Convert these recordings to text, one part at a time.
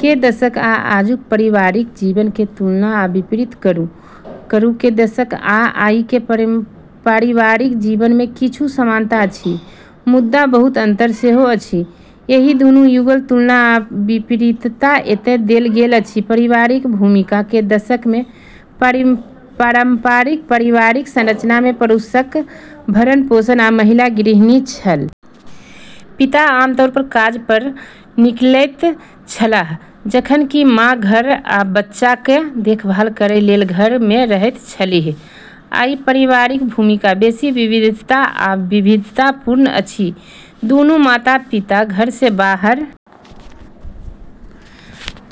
के दशक आ आजुक पारिवारिक जीवन के तुलना आ विपरीत करू, के दशक आ आइ के पारिवारिक जीवन में किछु समानता अछि मुदा बहुत अंतर सेहो अछि। एहि दुनू युगक तुलना आ विपरीतता एतय देल गेल अछि, पारिवारिक भूमिका क दशक मे पारंपरिक पारिवारिक संरचना मे पुरुषक भरण-पोषण आ महिला गृहिणी छल। पिता आमतौर पर काज पर निकलैत छलाह जखन कि मां घर आ बच्चाक देखभाल करय लेल घर मे रहैत छलीह, आइ पारिवारिक भूमिका बेसी विविधता आ विविधतापूर्ण अछि। दुनू माता-पिता घर सं बाहर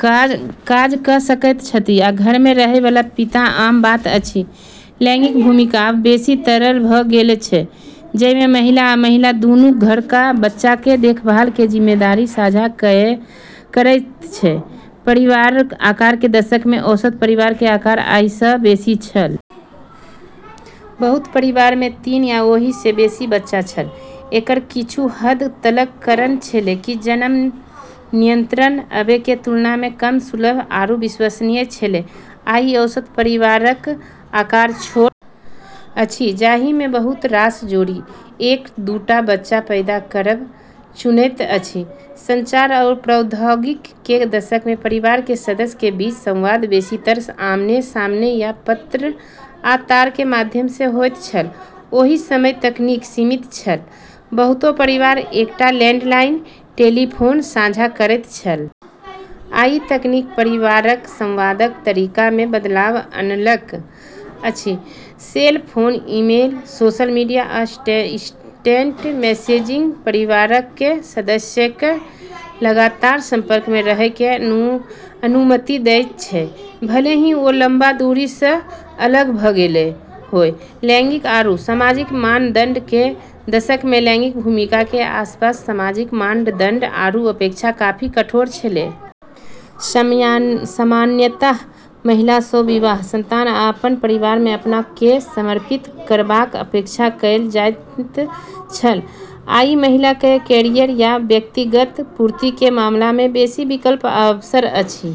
काज क सकैत छथि आ घर मे रहय वाला पिता आम बात अछि, लैंगिक भूमिका आब बेसि तरल भ गेल छै, जइ मे महिला आ महिला दूनू घरक आ बच्चाक कें देखभाल कें जिम्मेदारी साझा करएयत छै, परिवारक आकार क दशक मे औसत परिवार क आकार आइ स बेसी छल। बहुतो परिवार मे तीन या ओहि स बेसी बच्चा छल, एकरऽ कुछ हद तलक कारण छेलै कि जन्म नियंत्रण अबे के तुलना मे कम सुलभ आरू विश्वसनीय छेलै। आइ औसत परिवारक आकार छोट अछि जाहि मे बहुत रास जोड़ी एक-दूटा बच्चा पैदा करब चुनैत अछि, संचार आ प्रौद्योगिकी के दशक में परिवार के सदस्य के बीच संवाद बेसीतर आमने-सामने या पत्र आ तार के माध्यम सं होइत छल ओहि समयक तकनीक सीमित छल, बहुतो परिवार एकटा लैंडलाइन टेलीफोन साझा करैत छल। आइ तकनीक परिवारक संवादक तरीका मे बदलाव अनलक अछि। Cell phone, email, social media आ इंस्टेंट मैसेजिंग परिवार कें सदस्यक कें लगातार संपर्क मे रहय कें अनुमति देयत छै, भले ही ओ लंबा दूरी सं अलग भ गेल होय, लैंगिक आरू सामाजिक मानदंड के दशक मे लैंगिक भूमिका के आसपास सामाजिक मानदंड आरू अपेक्षा काफी कठोर छेलै। सामान्यतः महिला सँ विवाह, संतान आ अपन परिवार मे अपना केँ समर्पित करबाक अपेक्षा कयल जाइत छल आइ महिला कए कैरियर आ व्यक्तिगत पूर्ति क मामला मे बेसी विकल्प आ अवसर अछि।